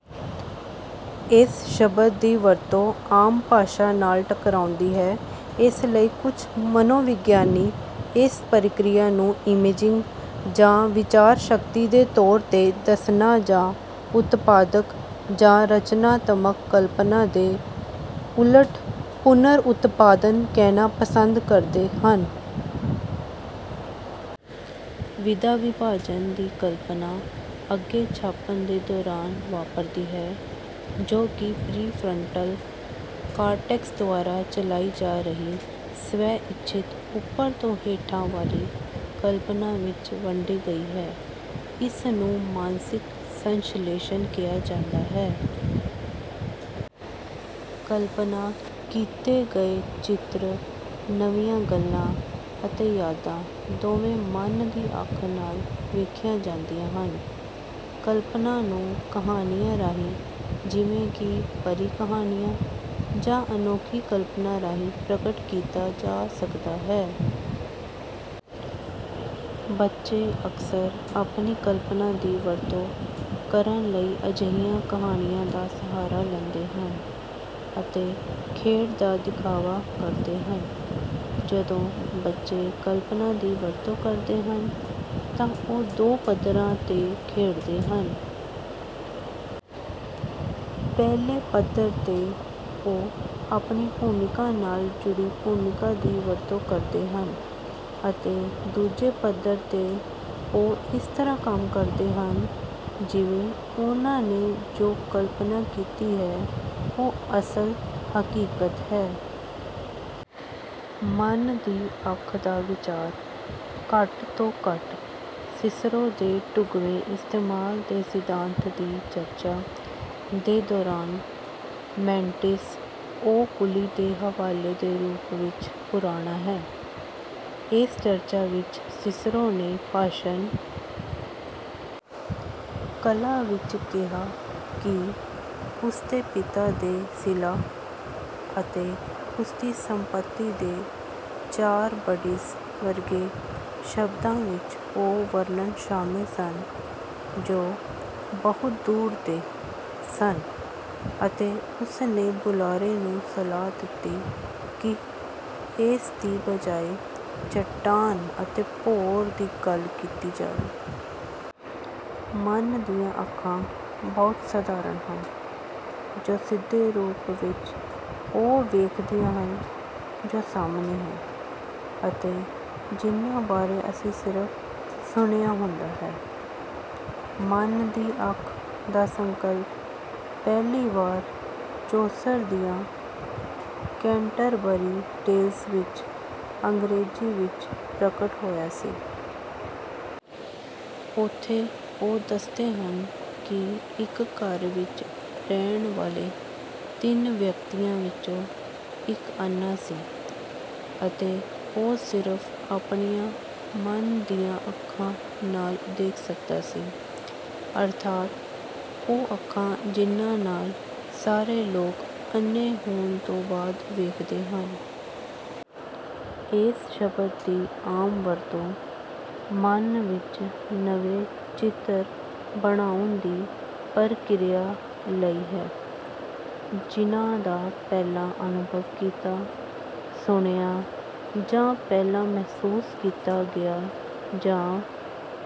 ਇਸ ਸ਼ਬਦ ਦੀ ਵਰਤੋਂ ਆਮ ਭਾਸ਼ਾ ਨਾਲ ਟਕਰਾਉਂਦੀ ਹੈ। ਇਸ ਲਈ ਕੁਝ ਮਨੋਵਿਗਿਆਨੀ ਇਸ ਪ੍ਰਕਿਰਿਆ ਨੂੰ "ਇਮੇਜਿੰਗ" ਜਾਂ "ਵਿਚਾਰ ਸ਼ਕਤੀ" ਦੇ ਤੌਰ 'ਤੇ ਦੱਸਣਾ ਜਾਂ "ਉਤਪਾਦਕ" ਜਾਂ "ਰਚਨਾਤਮਕ" ਕਲਪਨਾ ਦੇ ਉਲਟ "ਪੁਨਰ-ਉਤਪਾਦਨ" ਕਹਿਣਾ ਪਸੰਦ ਕਰਦੇ ਹਨ। ਵਿਧਾ-ਵਿਭਾਜਨ ਦੀ ਕਲਪਨਾ ਅੱਗੇ ਛਾਪਣ ਦੇ ਦੌਰਾਨ ਵਾਪਰਦੀ ਹੈ, ਜੋ ਕਿ ਪ੍ਰੀਫਰੰਟਲ ਕਾਰਟੈਕਸ ਦੁਆਰਾ ਚਲਾਈ ਜਾ ਰਹੀ ਸਵੈ-ਇੱਛਤ ਉੱਪਰ ਤੋਂ ਹੇਠਾਂ ਵਾਲੀ ਕਲਪਨਾ ਵਿੱਚ ਵੰਡੀ ਗਈ ਹੈ। ਇਸ ਨੂੰ ਮਾਨਸਿਕ ਸੰਸ਼ਲੇਸ਼ਣ ਕਿਹਾ ਜਾਂਦਾ ਹੈ। ਕਲਪਨਾ ਕੀਤੇ ਗਏ ਚਿੱਤਰ, ਨਵੀਆਂ ਗੱਲਾਂ ਅਤੇ ਯਾਦਾਂ ਦੋਵੇਂ "ਮਨ ਦੀ ਅੱਖ" ਨਾਲ ਵੇਖੀਆਂ ਜਾਂਦੀਆਂ ਹਨ। ਕਲਪਨਾ ਨੂੰ ਕਹਾਣੀਆਂ ਰਾਹੀਂ ਜਿਵੇਂ ਕਿ ਪਰੀ ਕਹਾਣੀਆਂ ਜਾਂ ਅਨੋਖੀ ਕਲਪਨਾ ਰਾਹੀਂ ਪ੍ਰਗਟ ਕੀਤਾ ਜਾ ਸਕਦਾ ਹੈ। ਬੱਚੇ ਅਕਸਰ ਆਪਣੀ ਕਲਪਨਾ ਦੀ ਵਰਤੋਂ ਕਰਨ ਲਈ ਅਜਿਹੀਆਂ ਕਹਾਣੀਆਂ ਦਾ ਸਹਾਰਾ ਲੈਂਦੇ ਹਨ ਅਤੇ ਖੇਡ ਦਾ ਦਿਖਾਵਾ ਕਰਦੇ ਹਨ। ਜਦੋਂ ਬੱਚੇ ਕਲਪਨਾ ਦੀ ਵਰਤੋਂ ਕਰਦੇ ਹਨ ਤਾਂ ਉਹ ਦੋ ਪੱਧਰਾਂ 'ਤੇ ਖੇਡਦੇ ਹਨ। ਪਹਿਲੇ ਪੱਧਰ 'ਤੇ ਉਹ ਆਪਣੀ ਭੂਮਿਕਾ ਨਾਲ ਜੁੜੀ ਭੂਮਿਕਾ ਦੀ ਵਰਤੋਂ ਕਰਦੇ ਹਨ ਅਤੇ ਦੂਜੇ ਪੱਧਰ 'ਤੇ ਉਹ ਇਸ ਤਰ੍ਹਾਂ ਕੰਮ ਕਰਦੇ ਹਨ ਜਿਵੇਂ ਉਨ੍ਹਾਂ ਨੇ ਜੋ ਕਲਪਨਾ ਕੀਤੀ ਹੈ ਉਹ ਅਸਲ, ਹਕੀਕਤ ਹੈ। "ਮਨ ਦੀ ਅੱਖ" ਦਾ ਵਿਚਾਰ ਘੱਟ ਤੋਂ ਘੱਟ ਸਿਸਰੋ ਦੇ ਢੁਕਵੇਂ ਇਸਤੇਮਾਲ ਦੇ ਸਿਧਾਂਤ ਦੀ ਚਰਚਾ ਦੇ ਦੌਰਾਨ ਮੈਂਟਿਸ ਓਕੂਲੀ ਦੇ ਹਵਾਲੇ ਦੇ ਰੂਪ ਵਿੱਚ ਪੁਰਾਣਾ ਹੈ। ਇਸ ਚਰਚਾ ਵਿੱਚ ਸਿਸਰੋ ਨੇ ਭਾਸ਼ਣ ਕਲਾ ਵਿੱਚ ਕਿਹਾ ਕਿ "ਉਸ ਦੇ ਪਿਤਾ ਦੇ ਸਿਲਾ" ਅਤੇ "ਉਸ ਦੀ ਸੰਪਤੀ ਦੇ ਚਾਰਬਡੀਸ" ਵਰਗੇ ਸ਼ਬਦਾਂ ਵਿੱਚ ਉਹ ਵਰਣਨ ਸ਼ਾਮਲ ਸਨ ਜੋ "ਬਹੁਤ ਦੂਰ ਦੇ" ਸਨ ਅਤੇ ਉਸ ਨੇ ਬੁਲਾਰੇ ਨੂੰ ਸਲਾਹ ਦਿੱਤੀ ਕਿ ਇਸ ਦੀ ਬਜਾਏ "ਚੱਟਾਨ" ਅਤੇ "ਭੌਰ" ਦੀ ਗੱਲ ਕੀਤੀ ਜਾਵੇ। ਮਨ ਦੀਆਂ ਅੱਖਾਂ ਬਹੁਤ ਸਾਧਾਰਨ ਹਨ ਜੋ ਸਿੱਧੇ ਰੂਪ ਵਿੱਚ ਉਹ ਵੇਖਦੀਆਂ ਹਨ ਜੋ ਸਾਹਮਣੇ ਹੈ ਅਤੇ ਜਿਨ੍ਹਾਂ ਬਾਰੇ ਅਸੀਂ ਸਿਰਫ ਸੁਣਿਆ ਹੁੰਦਾ ਹੈ। "ਮਨ ਦੀ ਅੱਖ" ਦਾ ਸੰਕਲਪ ਪਹਿਲੀ ਵਾਰ ਚੌਸਰ ਦੀਆਂ ਕੈਂਟਰਬਰੀ ਟੇਲਜ਼ ਵਿੱਚ ਅੰਗਰੇਜ਼ੀ ਵਿੱਚ ਪ੍ਰਗਟ ਹੋਇਆ ਸੀ। ਉੱਥੇ ਉਹ ਦੱਸਦੇ ਹਨ ਕਿ ਇੱਕ ਘਰ ਵਿੱਚ ਰਹਿਣ ਵਾਲੇ ਤਿੰਨ ਵਿਅਕਤੀਆਂ ਵਿੱਚੋਂ ਇੱਕ ਅੰਨ੍ਹਾ ਸੀ ਅਤੇ ਉਹ ਸਿਰਫ "ਆਪਣੀਆਂ ਮਨ ਦੀਆਂ ਅੱਖਾਂ" ਨਾਲ ਦੇਖ ਸਕਦਾ ਸੀ। ਅਰਥਾਤ ਉਹ ਅੱਖਾਂ "ਜਿਨ੍ਹਾਂ ਨਾਲ ਸਾਰੇ ਲੋਕ ਅੰਨ੍ਹੇ ਹੋਣ ਤੋਂ ਬਾਅਦ ਵੇਖਦੇ ਹਨ"। ਇਸ ਸ਼ਬਦ ਦੀ ਆਮ ਵਰਤੋਂ ਮਨ ਵਿੱਚ ਨਵੇਂ ਚਿੱਤਰ ਬਣਾਉਣ ਦੀ ਪ੍ਰਕਿਰਿਆ ਲਈ ਹੈ ਜਿਨ੍ਹਾਂ ਦਾ ਪਹਿਲਾਂ ਅਨੁਭਵ ਕੀਤਾ, ਸੁਣਿਆ, ਜਾਂ ਪਹਿਲਾਂ ਮਹਿਸੂਸ ਕੀਤਾ ਗਿਆ, ਜਾਂ